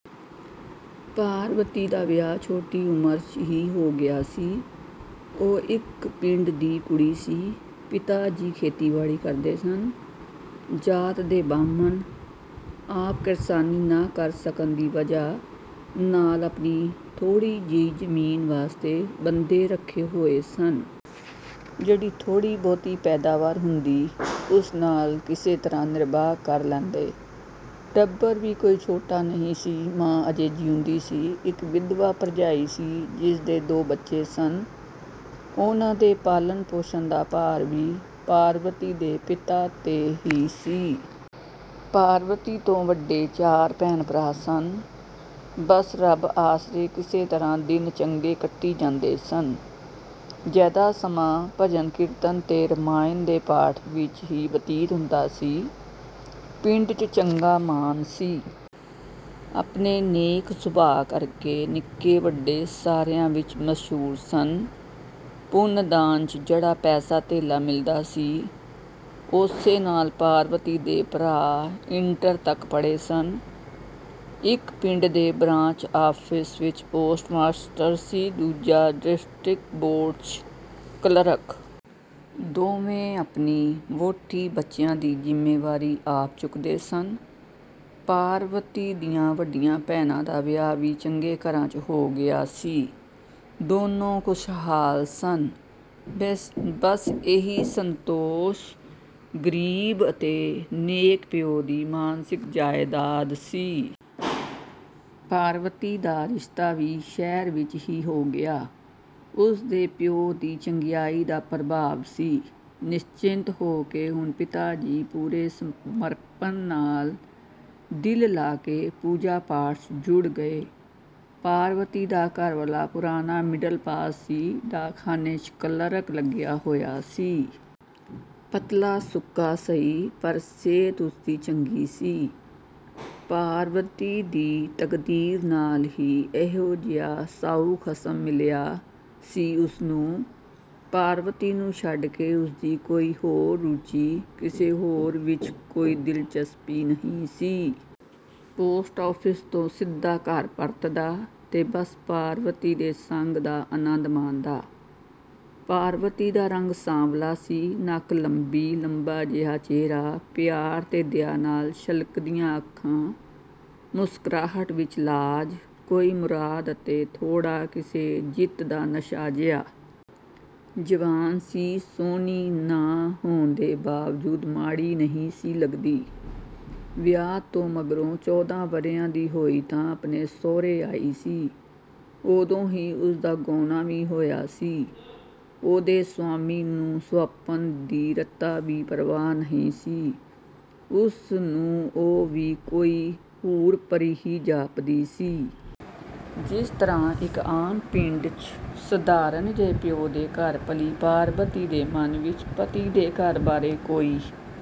ਪਾਰਵਤੀ ਦਾ ਵਿਆਹ ਛੋਟੀ ਉਮਰ 'ਚ ਹੀ ਹੋ ਗਿਆ ਸੀ। ਉਹ ਇੱਕ ਪਿੰਡ ਦੀ ਕੁੜੀ ਸੀ। ਪਿਤਾ ਜੀ ਖੇਤੀਬਾੜੀ ਕਰਦੇ ਸਨ, ਜਾਤ ਦੇ ਬ੍ਰਾਹਮਣ। ਆਪ ਕਿਰਸਾਨੀ ਨਾ ਕਰ ਸਕਣ ਦੀ ਵਜ੍ਹਾ ਨਾਲ਼ ਆਪਣੀ ਥੋੜ੍ਹੀ ਜਿਹੀ ਜ਼ਮੀਨ ਵਾਸਤੇ ਬੰਦੇ ਰੱਖੇ ਹੋਏ ਸਨ। ਜਿਹੜੀ ਥੋੜ੍ਹੀ-ਬਹੁਤੀ ਪੈਦਾਵਾਰ ਹੁੰਦੀ, ਉਸ ਨਾਲ਼ ਕਿਸੇ ਤਰ੍ਹਾਂ ਨਿਰਬਾਹ ਕਰ ਲੈਂਦੇ। ਟੱਬਰ ਵੀ ਕੋਈ ਛੋਟਾ ਨਹੀਂ ਸੀ। ਮਾਂ ਅਜੇ ਜਿਉਂਦੀ ਸੀ, ਇੱਕ ਵਿਧਵਾ ਭਰਜਾਈ ਸੀ, ਜਿਸਦੇ ਦੋ ਬੱਚੇ ਸਨ। ਉਨ੍ਹਾਂ ਦੇ ਪਾਲਣ-ਪੋਸ਼ਣ ਦਾ ਭਾਰ ਵੀ ਪਾਰਵਤੀ ਦੇ ਪਿਤਾ 'ਤੇ ਹੀ ਸੀ। ਪਾਰਵਤੀ ਤੋਂ ਵੱਡੇ ਚਾਰ ਭੈਣ-ਭਰਾ ਸਨ। ਬੱਸ ਰੱਬ ਆਸਰੇ ਕਿਸੇ ਤਰ੍ਹਾਂ ਦਿਨ ਚੰਗੇ ਕੱਟੀ ਜਾਂਦੇ ਸਨ। ਜ਼ਿਆਦਾ ਸਮਾਂ ਭਜਨ-ਕੀਰਤਨ 'ਤੇ ਰਮਾਇਣ ਦੇ ਪਾਠ ਵਿੱਚ ਹੀ ਵਤੀਤ ਹੁੰਦਾ ਸੀ। ਪਿੰਡ 'ਚ ਚੰਗਾ ਮਾਣ ਸੀ। ਆਪਣੇ ਨੇਕ-ਸੁਭਾਅ ਕਰਕੇ ਨਿੱਕੇ-ਵੱਡੇ ਸਾਰਿਆਂ ਵਿੱਚ ਮਸ਼ਹੂਰ ਸਨ। ਪੁੰਨ-ਦਾਨ 'ਚ ਜਿਹੜਾ ਪੈਸਾ-ਧੇਲਾ ਮਿਲਦਾ ਸੀ, ਉਸੇ ਨਾਲ਼ ਪਾਰਵਤੀ ਦੇ ਭਰਾ ਇੰਟਰ ਤੱਕ ਪੜ੍ਹੇ ਸਨ। ਇੱਕ ਪਿੰਡ ਦੇ ਬ੍ਰਾਂਚ ਆਫ਼ਿਸ ਵਿੱਚ ਪੋਸਟਮਾਸਟਰ ਸੀ, ਦੂਜਾ ਡਿਸਟ੍ਰਿਕਟ ਬੋਰਡ 'ਚ ਕਲਰਕ। ਦੋਵੇਂ ਆਪਣੇ ਵਹੁਟੀ-ਬੱਚਿਆਂ ਦੀ ਜ਼ਿੰਮੇਵਾਰੀ ਆਪ ਚੁੱਕ ਸਕਦੇ ਸਨ। ਪਾਰਵਤੀ ਦੀਆਂ ਵੱਡੀਆਂ ਭੈਣਾਂ ਦਾ ਵਿਆਹ ਵੀ ਚੰਗੇ ਘਰਾਂ 'ਚ ਹੋ ਗਿਆ ਸੀ, ਦੋਨੋਂ ਖੁਸ਼ਹਾਲ ਸਨ। ਬੱਸ ਇਹੀ ਸੰਤੋਸ਼ ਗਰੀਬ ਅਤੇ ਨੇਕ ਪਿਉ ਦੀ ਮਾਨਸਿਕ ਜਾਇਦਾਦ ਸੀ। ਪਾਰਵਤੀ ਦਾ ਰਿਸ਼ਤਾ ਵੀ ਸ਼ਹਿਰ ਵਿੱਚ ਹੀ ਹੋ ਗਿਆ, ਉਸਦੇ ਪਿਉ ਦੀ ਚੰਗਿਆਈ ਦਾ ਪ੍ਰਭਾਵ ਸੀ। ਨਿਸ਼ਚਿੰਤ ਹੋ ਕੇ ਹੁਣ ਪਿਤਾ ਜੀ ਪੂਰੇ ਸਮਰਪਣ ਨਾਲ਼ ਦਿਲ ਲਾ ਕੇ ਪੂਜਾ-ਪਾਠ 'ਚ ਜੁੜ ਗਏ। ਪਾਰਵਤੀ ਦਾ ਘਰਵਾਲਾ ਪੁਰਾਣਾ ਮਿਡਲ ਪਾਸ ਸੀ, ਡਾਕਖਾਨੇ 'ਚ ਕਲਰਕ ਲੱਗਿਆ ਹੋਇਆ ਸੀ। ਪਤਲਾ-ਸੁੱਕਾ ਸਹੀ, ਪਰ ਸਿਹਤ ਉਸਦੀ ਚੰਗੀ ਸੀ। ਪਾਰਵਤੀ ਦੀ ਤਕਦੀਰ ਨਾਲ਼ ਹੀ ਇਹੋ ਜਿਹਾ ਸਾਊ ਖਸਮ ਮਿਲਿਆ ਸੀ ਉਸਨੂੰ। ਪਾਰਵਤੀ ਨੂੰ ਛੱਡਕੇ ਉਸਦੀ ਕੋਈ ਹੋਰ ਰੁਚੀ, ਕਿਸੇ ਹੋਰ ਵਿੱਚ ਕੋਈ ਦਿਲਚਸਪੀ ਨਹੀਂ ਸੀ। ਪੋਸਟ ਆਫ਼ਿਸ ਤੋਂ ਸਿੱਧਾ ਘਰ ਪਰਤਦਾ 'ਤੇ ਬੱਸ ਪਾਰਵਤੀ ਦੇ ਸੰਗ ਦਾ ਅਨੰਦ ਮਾਣਦਾ। ਪਾਰਵਤੀ ਦਾ ਰੰਗ ਸਾਂਵਲਾ ਸੀ। ਨੱਕ ਲੰਬੀ, ਲੰਬਾ ਜਿਹਾ ਚਿਹਰਾ, ਪਿਆਰ 'ਤੇ ਦਇਆ ਨਾਲ਼ ਛਲਕਦੀਆਂ ਅੱਖਾਂ, ਮੁਸਕਰਾਹਟ ਵਿੱਚ ਲਾਜ, ਕੋਈ ਮੁਰਾਦ ਅਤੇ ਥੋੜ੍ਹਾ ਕਿਸੇ ਜਿੱਤ ਦਾ ਨਸ਼ਾ ਜਿਹਾ। ਜਵਾਨ ਸੀ, ਸੁਹਣੀ ਨਾ ਹੋਣ ਦੇ ਬਾਵਜੂਦ ਮਾੜੀ ਨਹੀਂ ਸੀ ਲੱਗਦੀ। ਵਿਆਹ ਤੋਂ ਮਗਰੋਂ ਚੌਦ੍ਹਾਂ ਵਰ੍ਹਿਆਂ ਦੀ ਹੋਈ ਤਾਂ ਆਪਣੇ ਸਹੁਰੇ ਆਈ ਸੀ, ਉਦੋਂ ਹੀ ਉਸਦਾ ਗੌਣਾ ਵੀ ਹੋਇਆ ਸੀ। ਉਸਦੇ ਸਵਾਮੀ ਨੂੰ ਸੁਹੱਪਣ ਦੀ ਰਤਾ ਵੀ ਪਰਵਾਹ ਨਹੀਂ ਸੀ, ਉਸਨੂੰ ਉਹ ਵੀ ਕੋਈ ਹੂਰ-ਪਰੀ ਹੀ ਜਾਪਦੀ ਸੀ। ਜਿਸ ਤਰ੍ਹਾਂ ਇੱਕ ਆਮ ਪਿੰਡ 'ਚ ਸਧਾਰਣ ਜਿਹੇ ਪਿਉ ਦੇ ਘਰ ਪਲੀ ਪਾਰਵਤੀ ਦੇ ਮਨ ਵਿੱਚ ਪਤੀ ਦੇ ਘਰ ਬਾਰੇ ਕੋਈ